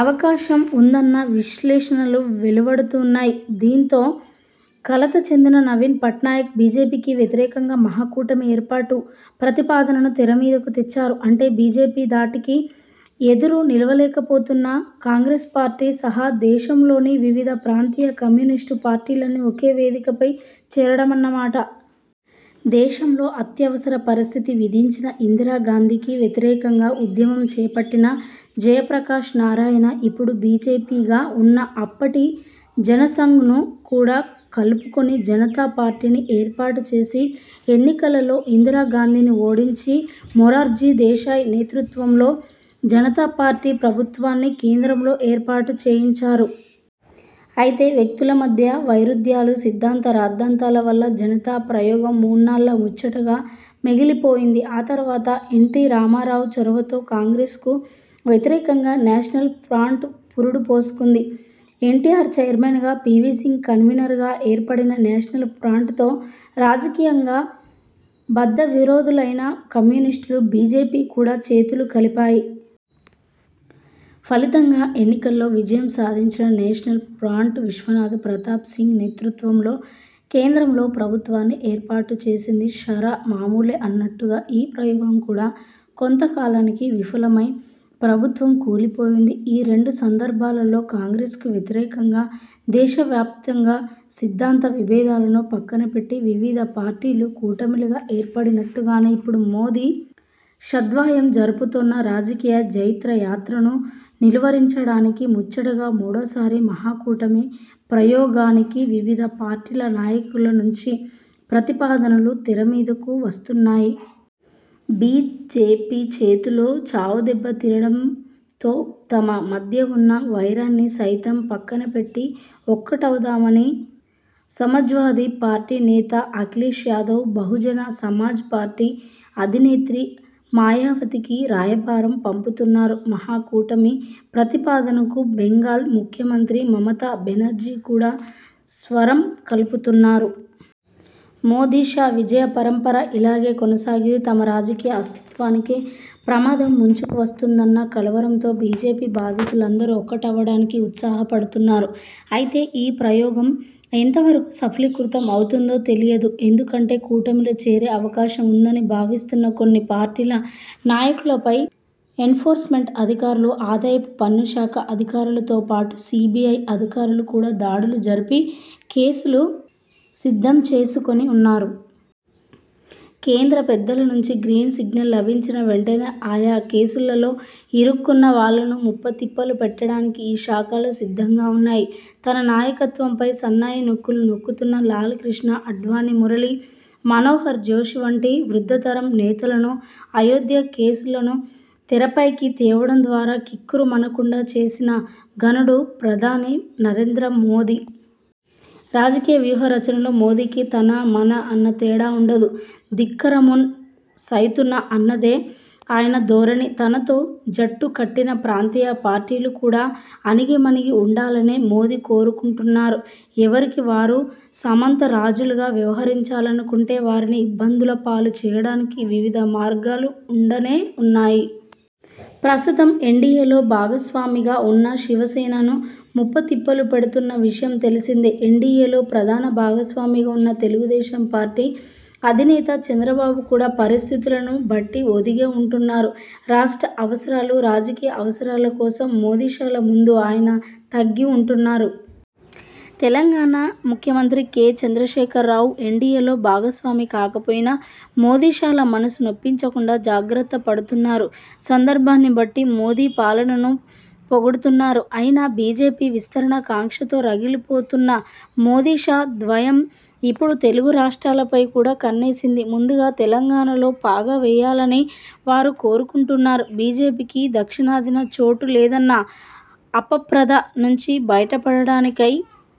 అవకాశం ఉందన్న విశ్లేషణలు వెలువడుతున్నాయి. దీంతో, కలత చెందిన నవీన్ పట్నాయక్ బీజేపీకి వ్యతిరేకంగా మహా కూటమి ఏర్పాటు ప్రతిపాదనను తెరమీదకు తెచ్చారు. అంటే, బీజేపీ ధాటికి ఎదురు నిలవలేకపోతున్న కాంగ్రెస్ పార్టీ సహా దేశంలోని వివిధ ప్రాంతీయ, కమ్యూనిస్టు పార్టీలన్నీ ఒకే వేదికపై చేరడమన్నమాట! దేశంలో అత్యవసర పరిస్థితి విధించిన ఇందిరా గాంధీకి వ్యతిరేకంగా ఉద్యమం చేపట్టిన జయప్రకాశ్ నారాయణ.. ఇప్పుడు బీజేపీగా ఉన్న అప్పటి జనసంఘ్ ను కూడా కలుపుకొని జనతా పార్టీని ఏర్పాటు చేసి, ఎన్నికలలో ఇందిరా గాంధీని ఓడించి మొరార్జీ దేశాయ్ నేతృత్వంలో జనతా పార్టీ ప్రభుత్వాన్ని కేంద్రంలో ఏర్పాటు చేయించారు. అయితే, వ్యక్తుల మధ్య వైరుధ్యాలు, సిద్ధాంత- రాద్ధాంతాల వల్ల జనతా ప్రయోగం మూన్నాళ్ల ముచ్చటగా మిగిలిపోయింది. ఆ తర్వాత ఎన్టీ రామారావు చొరవతో కాంగ్రెస్ కు వ్యతిరేకంగా నేషనల్ ఫ్రంట్ పురుడు పోసుకుంది. ఎన్టీఆర్ చైర్మన్ గా వీపీ సింగ్ కన్వీనర్ గా ఏర్పడిన నేషనల్ ఫ్రంట్ తో రాజకీయంగా బద్ధవిరోధులైన కమ్యూనిస్టులు బీజేపీ కూడా చేతులు కలిపాయి. ఫలితంగా, ఎన్నికల్లో విజయం సాధించిన నేషనల్ ఫ్రంట్ విశ్వనాథ్ ప్రతాప్సింగ్ నేతృత్వంలో కేంద్రంలో ప్రభుత్వాన్ని ఏర్పాటు చేసింది. షరా మామూలే అన్నట్టుగా ఈ ప్రయోగం కూడా కొంత కాలానికి విఫలమై ప్రభుత్వం కూలిపోయింది. ఈ రెండు సందర్భాలలో కాంగ్రెస్ కు వ్యతిరేకంగా దేశవ్యాప్తంగా సిద్ధాంత విభేదాలను పక్కనపెట్టి వివిధ పార్టీలు కూటమిగా ఏర్పడినట్టుగానే ఇప్పుడు మోదీ షా ద్వయం జరుపుతోన్న రాజకీయ జైత్రయాత్రను నిలువరించడానికి ముచ్చటగా మూడోసారి మహా కూటమి ప్రయోగానికి వివిధ పార్టీల నాయకుల నుంచి ప్రతిపాదనలు తెరమీదకు వస్తున్నాయి. బీజేపీ చేతిలో చావుదెబ్బ తినడంతో తమ మధ్య ఉన్న వైరాన్ని సైతం పక్కనపెట్టి ఒక్కటవుదామని సమాజ్వాదీ పార్టీ నేత అఖిలేశ్ యాదవ్ బహుజన సమాజ్ పార్టీ అధినేత్రి మాయావతికి రాయబారం పంపుతున్నారు. మహా కూటమి ప్రతిపాదనకు బెంగాల్ ముఖ్యమంత్రి మమతా బెనర్జీ కూడా స్వరం కలుపుతున్నారు. మోదీ షా విజయ పరంపర ఇలాగే కొనసాగి తమ రాజకీయ అస్తిత్వానికే ప్రమాదం ముంచుకు వస్తుందన్న కలవరంతో బీజేపీ బాధితులందరూ ఒక్కటవ్వడానికి ఉత్సాహపడుతున్నారు. అయితే, ఈ ప్రయోగం ఎంతవరకు సఫలీకృతం అవుతుందో తెలియదు. ఎందుకంటే, కూటమిలో చేరే అవకాశం ఉందని భావిస్తున్న కొన్ని పార్టీల నాయకులపై ఎన్ఫోర్స్మెంట్ అధికారులు, ఆదాయపు పన్ను శాఖ అధికారులతోపాటు సీబీఐ అధికారులు కూడా దాడులు జరిపి కేసులు సిద్ధంచేసుకుని ఉన్నారు. కేంద్ర పెద్దల నుంచి గ్రీన్ సిగ్నల్ లభించిన వెంటనే ఆయా కేసులలో ఇరుక్కున్న వాళ్లను ముప్పతిప్పలు పెట్టడానికి ఈ శాఖలు సిద్ధంగా ఉన్నాయి. తన నాయకత్వంపై సన్నాయి నొక్కులు నొక్కుతున్న లాల్ కృష్ణ ఆడ్వాణీ, మురళీ మనోహర్ జోషి వంటి వృద్ధతరం నేతలను అయోధ్య కేసులను తెరపైకి తేవడం ద్వారా కిక్కురుమనకుండా చేసిన ఘనుడు ప్రధాని నరేంద్ర మోదీ! రాజకీయ వ్యూహ రచనలో మోదీకి తన మన అన్న తేడా ఉండదు. 'ధిక్కారమున్ సైతునా' అన్నదే ఆయన ధోరణి. తనతో జట్టు కట్టిన ప్రాంతీయ పార్టీలు కూడా అణగిమణిగి ఉండాలనే మోదీ కోరుకుంటున్నారు. ఎవరికి వారు సామంతరాజులుగా వ్యవహరించాలనుకుంటే వారిని ఇబ్బందుల పాలు చేయడానికి వివిధ మార్గాలు ఉండనే ఉన్నాయి. ప్రస్తుతం ఎన్డీయేలో భాగస్వామిగా ఉన్న శివసేనను ముప్పతిప్పలు పెడుతున్న విషయం తెలిసిందే! ఎన్డీయేలో ప్రధాన భాగస్వామిగా ఉన్న తెలుగుదేశం పార్టీ అధినేత చంద్రబాబు కూడా పరిస్థితులను బట్టి ఒదిగే ఉంటున్నారు. రాష్ట్ర అవసరాలు, రాజకీయ అవసరాల కోసం మోదీ షాల ముందు ఆయన తగ్గి ఉంటున్నారు. తెలంగాణ ముఖ్యమంత్రి కె. చంద్రశేఖరరావు ఎన్డీఏలో భాగస్వామి కాకపోయినా మోదీ షాల మనసు నొప్పించకుండా జాగ్రత్త పడుతున్నారు. సందర్భాన్ని బట్టి మోదీ పాలనను పొగుడుతున్నారు. అయినా, బీజేపీ విస్తరణ కాంక్షతో రగిలిపోతున్న మోదీ షా ద్వయం ఇప్పుడు తెలుగు రాష్ర్టాలపై కూడా కన్నేసింది. ముందుగా తెలంగాణలో పాగా వేయాలని వారు కోరుకుంటున్నారు. బీజేపీకి దక్షిణాదిన చోటు లేదన్న అపప్రథ నుంచి బయటపడడానికై